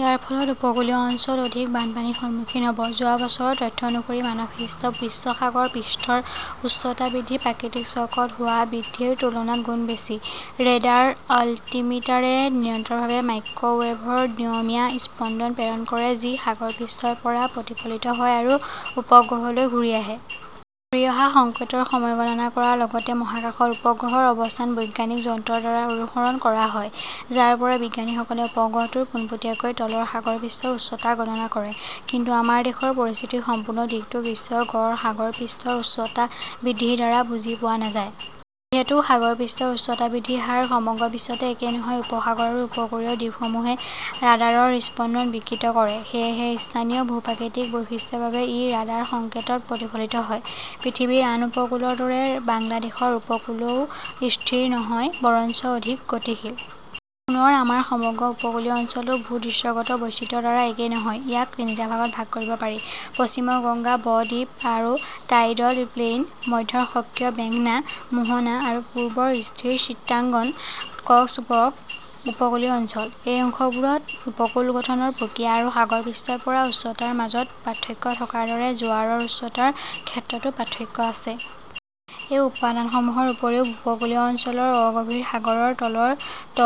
ইয়াৰ ফলত উপকূলীয় অঞ্চল অধিক বানপানীৰ সন্মুখীন হ'ব। যোৱা বছৰৰ তথ্য অনুসৰি মানৱসৃষ্ট বিশ্ব সাগৰ পৃষ্ঠৰ উচ্চতা বৃদ্ধি প্ৰাকৃতিক চক্ৰত হোৱা বৃদ্ধিৰ তুলনাত গুণ বেছি। ৰেডাৰ অলটিমিটাৰে নিৰন্তৰভাৱে মাইক্ৰ' ৱেভৰ নিয়মীয়া স্পন্দন প্ৰেৰণ কৰে যি সাগৰ পৃষ্ঠৰ পৰা প্ৰতিফলিত হয় আৰু উপগ্ৰহলৈ ঘূৰি আহে। ঘূৰি অহা সংকেতৰ সময় গণনা কৰাৰ লগতে মহাকাশত উপগ্ৰহৰ অৱস্থান বৈজ্ঞানিক যন্ত্ৰৰ দ্বাৰা অনুসৰণ কৰা হয়, যাৰ পৰা বিজ্ঞানীসকলে উপগ্ৰহটোৰ পোনপটীয়াকৈ তলৰ সাগৰ পৃষ্ঠৰ উচ্চতা গণনা কৰে। কিন্তু আমাৰ দেশৰ পৰিস্থিতিৰ সম্পূৰ্ণ দিশটো বিশ্বৰ গড় সাগৰ পৃষ্ঠৰ উচ্চতা বৃদ্ধিৰ দ্বাৰা বুজি পোৱা নাযায়। যিহেতু সাগৰ পৃষ্ঠৰ উচ্চতা বৃদ্ধিৰ হাৰ সমগ্ৰ বিশ্বতে একে নহয়, উপসাগৰ আৰু উপকূলীয় দ্বীপসমূহে ৰাডাৰৰ স্পন্দন বিকৃত কৰে। সেয়েহে স্থানীয় ভূ-প্ৰাকৃতিক বৈশিষ্ট্যৰ বাবে ই ৰাডাৰ সংকেতত প্ৰতিফলিত হয়। পৃথিৱীৰ আন উপকূলৰ দৰে বাংলাদেশৰ উপকূলও স্থিৰ নহয়, বৰঞ্চ অধিক গতিশীল। পুনৰ আমাৰ সমগ্ৰ উপকূলীয় অঞ্চলটো ভূ-দৃশ্যগত বৈশিষ্ট্যৰ দ্বাৰা একে নহয়। ইয়াক তিনিটা ভাগত ভাগ কৰিব পাৰিঃ পশ্চিমৰ গংগা ব-দ্বীপ আৰু টাইডল প্লেইন, মধ্যৰ সক্ৰিয় মেঘনা মোহনা, আৰু পূবৰ স্থিৰ চিটাগং-কক্সবৰ্গ উপকূলীয় অঞ্চল। এই অংশবোৰত উপকূল গঠনৰ প্ৰক্ৰিয়া আৰু সাগৰ পৃষ্ঠৰ পৰা উচ্চতাৰ মাজত পাৰ্থক্য থকাৰ দৰে জোৱাৰৰ উচ্চতাৰ ক্ষেত্ৰতো পাৰ্থক্য আছে। এই উপাদানসমূহৰ উপৰিও, উপকূলীয় অঞ্চলৰ অগভীৰ সাগৰৰ তলৰ ট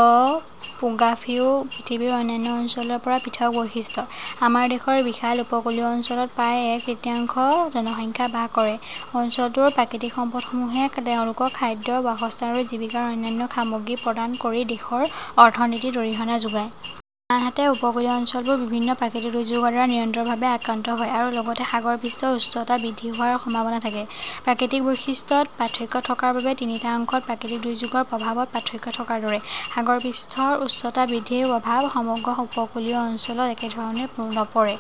'পোগ্ৰাফীও পৃথিৱীৰ অন্যান্য অঞ্চলৰ পৰা পৃথক বৈশিষ্ট্যৰ। আমাৰ দেশৰ বিশাল উপকূলীয় অঞ্চলত প্ৰায় এক তৃতীয়াংশ জনসংখ্যা বাস কৰে। অঞ্চলটোৰ প্ৰাকৃতিক সম্পদসমূহে তেওঁলোকক খাদ্য, বাসস্থান আৰু জীৱিকাৰ অন্যান্য সামগ্ৰী প্ৰদান কৰি দেশৰ অৰ্থনীতিত অৰিহণা যোগায়। আনহাতে, উপকূলীয় অঞ্চলবোৰ বিভিন্ন প্ৰাকৃতিক দুৰ্যোগৰ দ্বাৰা নিৰন্তৰভাৱে আক্ৰান্ত হয়, আৰু লগতে সাগৰ পৃষ্ঠৰ উচ্চতা বৃদ্ধি হোৱাৰ সম্ভাৱনা থাকে। প্ৰাকৃতিক বৈশিষ্ট্যত পাৰ্থক্য থকাৰ বাবে তিনিটা অংশত প্ৰাকৃতিক দুৰ্যোগৰ প্ৰভাৱত পাৰ্থক্য থকাৰ দৰে, সাগৰ পৃষ্ঠৰ উচ্চতা বৃদ্ধিৰ প্ৰভাৱ সমগ্ৰ উপকূলীয় অঞ্চলত একে ধৰণে নপৰে।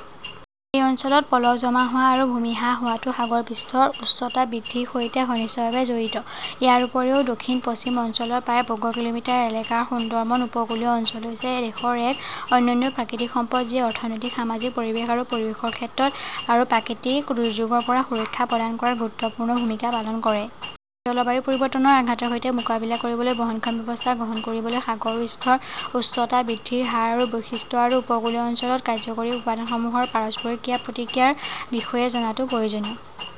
এই অঞ্চলত পলস জমা হোৱা আৰু ভূমি হ্ৰাস হোৱাটো সাগৰ পৃষ্ঠৰ উচ্চতা বৃদ্ধিৰ সৈতে ঘনিষ্ঠভাৱে জড়িত। ইয়াৰ উপৰিও, দক্ষিণ-পশ্চিম অঞ্চলৰ প্ৰায়, বৰ্গ কিলোমিটাৰ এলেকাৰ সুন্দৰবন উপকূলীয় অঞ্চল হৈছে দেশৰ এক অনন্য প্ৰাকৃতিক সম্পদ যি অৰ্থনৈতিক, সামাজিক, পৰিৱেশ আৰু পৰিৱেশৰ ক্ষেত্ৰত আৰু প্ৰাকৃতিক দুৰ্যোগৰ পৰা সুৰক্ষা প্ৰদান কৰাত গুৰুত্বপূৰ্ণ ভূমিকা পালন কৰে। জলবায়ু পৰিৱৰ্তনৰ আঘাতৰ সৈতে মোকাবিলা কৰিবলৈ বহনক্ষম ব্যৱস্থা গ্ৰহণ কৰিবলৈ সাগৰ পৃষ্ঠৰ উচ্চতা বৃদ্ধিৰ হাৰ আৰু বৈশিষ্ট্য আৰু উপকূলীয় অঞ্চলত কাৰ্যকৰী উপাদানসমূহৰ পাৰস্পৰিক ক্ৰিয়া-প্ৰতিক্ৰিয়াৰ বিষয়ে জনাটো প্ৰয়োজনীয়।